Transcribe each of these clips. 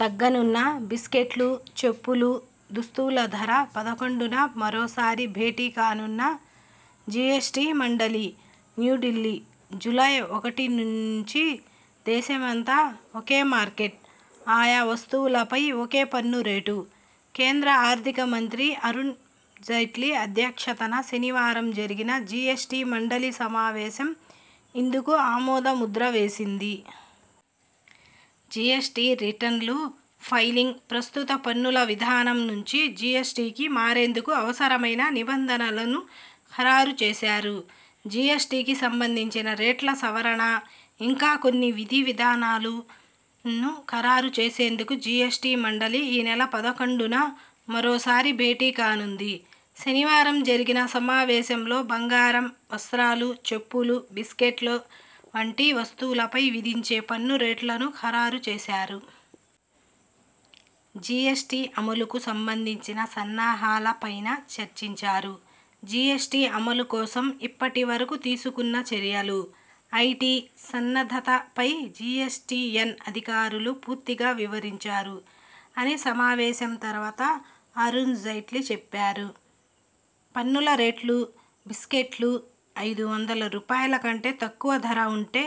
తగ్గనున్న బిస్కెట్లు, చెప్పులు, దుస్తుల ధర పదకొండున మరోసారి భేటీ కానున్న జిఎ్సటి మండలి న్యూఢిల్లీ జూలై ఒకటి నుంచి దేశ మంతా ఒకే మార్కెట్. ఆయా వస్తువులపై ఒకే పన్ను రేటు. కేంద్ర ఆర్థిక మంత్రి అరుణ్ జైట్లీ అధ్యక్షతన శనివారం జరిగిన జి ఎస్టి మండలి సమావేశం ఇందుకు ఆమోద ముద్ర వేసింది. జిఎ్సటి రిటర్న్ల ఫైలింగ్, ప్రస్తుత పన్నుల విధానం నుంచి జిఎ్సటికి మారేందుకు అవసరమైన నిబంధనలనూ ఖరారు చేశారు. జిఎ్సటికి సంబంధించిన రేట్ల సవరణ, ఇంకా కొన్ని విధి విధానాలను ఖరారు చేసేందుకు జిఎ్సటి మండలి ఈ నెల పదకొండున మరోసారి భేటీ కానుంది. శనివారం జరిగిన సమావేశంలో బంగారం, వస్త్రాలు, చెప్పులు, బిస్కట్ల వంటి వస్తువులపై విధించే పన్ను రేట్లను ఖరారు చేశారు. జిఎ్సటి అమలుకు సంబంధించిన సన్నాహాల పైనా చర్చించారు. 'జిఎ్సటి అమలు కోసం ఇప్పటి వరకు తీసుకున్న చర్యలు, ఐటి సన్నద్ధత పై జిఎ్సటిఎన్ అధికారులు పూర్తిగా వివరించారు' అని సమావేశం తర్వాత అరుణ్ జైట్లీ చెప్పారు. పన్నుల రేట్లు బిస్కెట్లు, ఐదు వందల రూపాయలు కంటే తక్కువ ధర ఉండే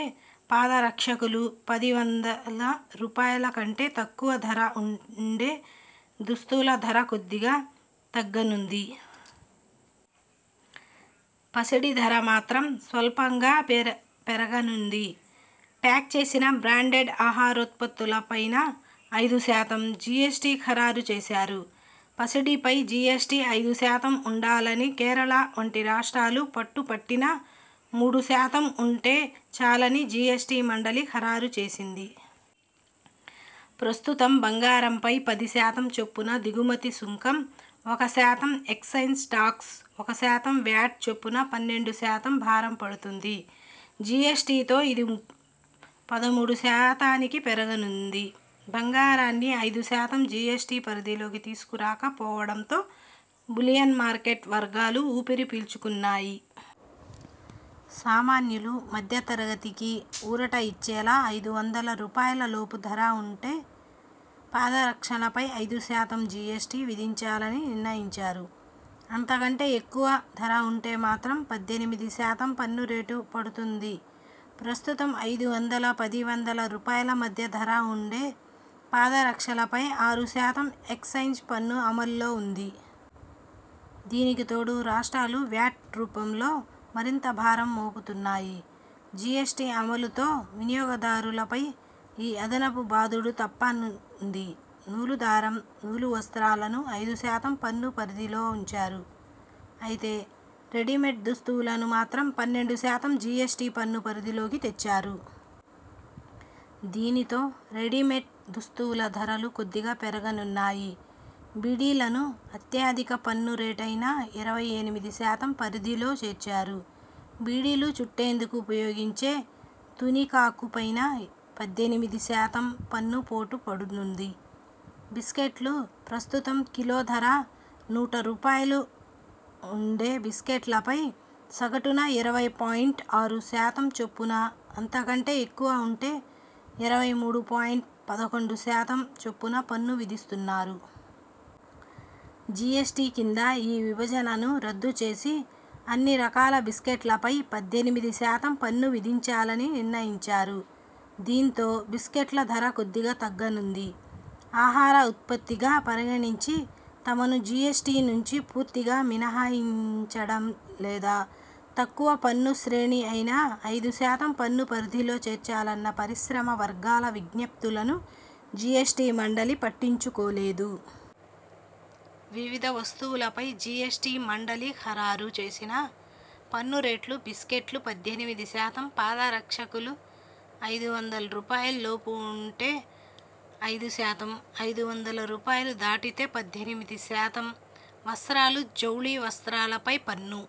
పాద రక్షలు, పది వందల రూపాయలు కంటే తక్కువ ధర ఉండే దుస్తుల ధర కొద్దిగా తగ్గ నుంది. పసిడి ధర మాత్రం స్వల్పంగా పెరగ నుంది. ప్యాక్ చేసిన బ్రాండెడ్ ఆహారోత్పత్తులపైనా ఐదు శాతం జి ఎ్సటి ఖరారు చేశారు. పసిడి పై జిఎ్సటి ఐదు శాతం ఉండాలని కేరళ వంటి రాష్ట్రాలు పట్టు పట్టినా మూడు శాతం ఉంటే చాలని జిఎ్సటి మండలి ఖరారు చేసింది. ప్రస్తుతం బంగారంపై పది శాతం చొప్పున దిగుమతి సుంకం, ఒక శాతం ఎక్సైజ్ టాక్స్, ఒక శాతం వ్యాట్ చొప్పున పన్నెండు శాతం భారం పడుతోంది. జిఎస్టి తో ఇది పదమూడు శాతానికి పెరగనుంది. బంగారాన్ని ఐదు శాతం జిఎ్సటి పరిధిలోకి తీసుకు రాక పోవడంతో బులియన్ మార్కెట్ వర్గాలు ఊపిరి పీల్చుకున్నాయి. సామాన్యులు, మధ్య తరగతికి ఊరట ఇచ్చేలా ఐదు వందల రూపాయల లోపు ధర ఉండే పాదరక్షల పై ఐదు శాతం జిఎ్సటి విధించాలని నిర్ణయించారు. అంత కంటే ఎక్కువ ధర ఉంటే మాత్రం పద్దెనిమిది శాతం పన్ను రేటు పడుతుంది. ప్రస్తుతం ఐదు వందల పది వందల రూపాయల మధ్య ధర ఉండే పాదరక్షలపై ఆరు శాతం ఎక్సైజ్ పన్ను అమల్లో ఉంది. దీనికి తోడు రాష్ట్రాలు వ్యాట్ రూపంలో మరింత భారం మోపుతున్నాయి. జిఎ్సటి అమలుతో వినియోగదారుల పై ఈ అదనపు బాదుడు తప్ప నుంది. నూలు దారం, నూలు వస్త్రాలను ఐదు శాతం పన్ను పరిధిలో ఉంచారు. అయితే రెడీమేడ్ దస్తులను మాత్రం పన్నెండు శాతం జిఎ్సటి పన్ను పరిధిలోకి తెచ్చారు. దీంతో రెడీమేడ్ దుస్తుల ధరలు కొద్దిగా పెరగనున్నాయి. బీడీలను అత్యధిక పన్ను రేటైన ఇరవై ఎనిమిది శాతం పరిధిలో చేర్చారు. బీడీలు చుట్టేందుకు ఉపయోగించే తునికాకు పైనా పద్దెనిమిది శాతం పన్ను పోటు పడనుంది. బిస్కెట్లు ప్రస్తుతం కిలో ధర నూట రూపాయలు ఉండే బిస్కెట్లపై సగటున ఇరవై పాయింట్ ఆరు శాతం చొప్పున, అంత కంటే ఎక్కువ ఉంటే ఇరవై మూడు పాయింట్ పదకొండు శాతం చొప్పున పన్ను విధిస్తున్నారు. జిఎ్సటి కింద ఈ విభజనను రద్దు చేసి అన్ని రకాల బిస్కెట్లపై పద్దెనిమిది శాతం పన్ను విధించాలని నిర్ణయించారు. దీంతో బిస్కెట్ల ధర కొద్దిగా తగ్గనుంది. ఆహార ఉత్పత్తిగా పరిగణించి తమను జిఎ్సటి నుంచి పూర్తిగా మినహాయించడం లేదా తక్కువ పన్ను శ్రేణి అయిన ఐదు శాతం పన్ను పరిధిలో చేర్చాలన్న పరిశ్రమ వర్గాల విజ్ఞప్తులను జిఎ్సటి మండలి పట్టించు కోలేదు. వివిధ వస్తువులపై జిఎ్సటి మండలి ఖరారు చేసిన పన్ను రేట్లు బిస్కెట్లు పద్దెనిమిది శాతం పాద రక్షలు ఐదు వందల రూపాయలు లోపు ఉంటే ఐదు శాతం, ఐదు వందల రూపాయలు దాటితే పద్దెనిమిది శాతం వస్త్రాలు జౌళి వస్త్రాల పై పన్ను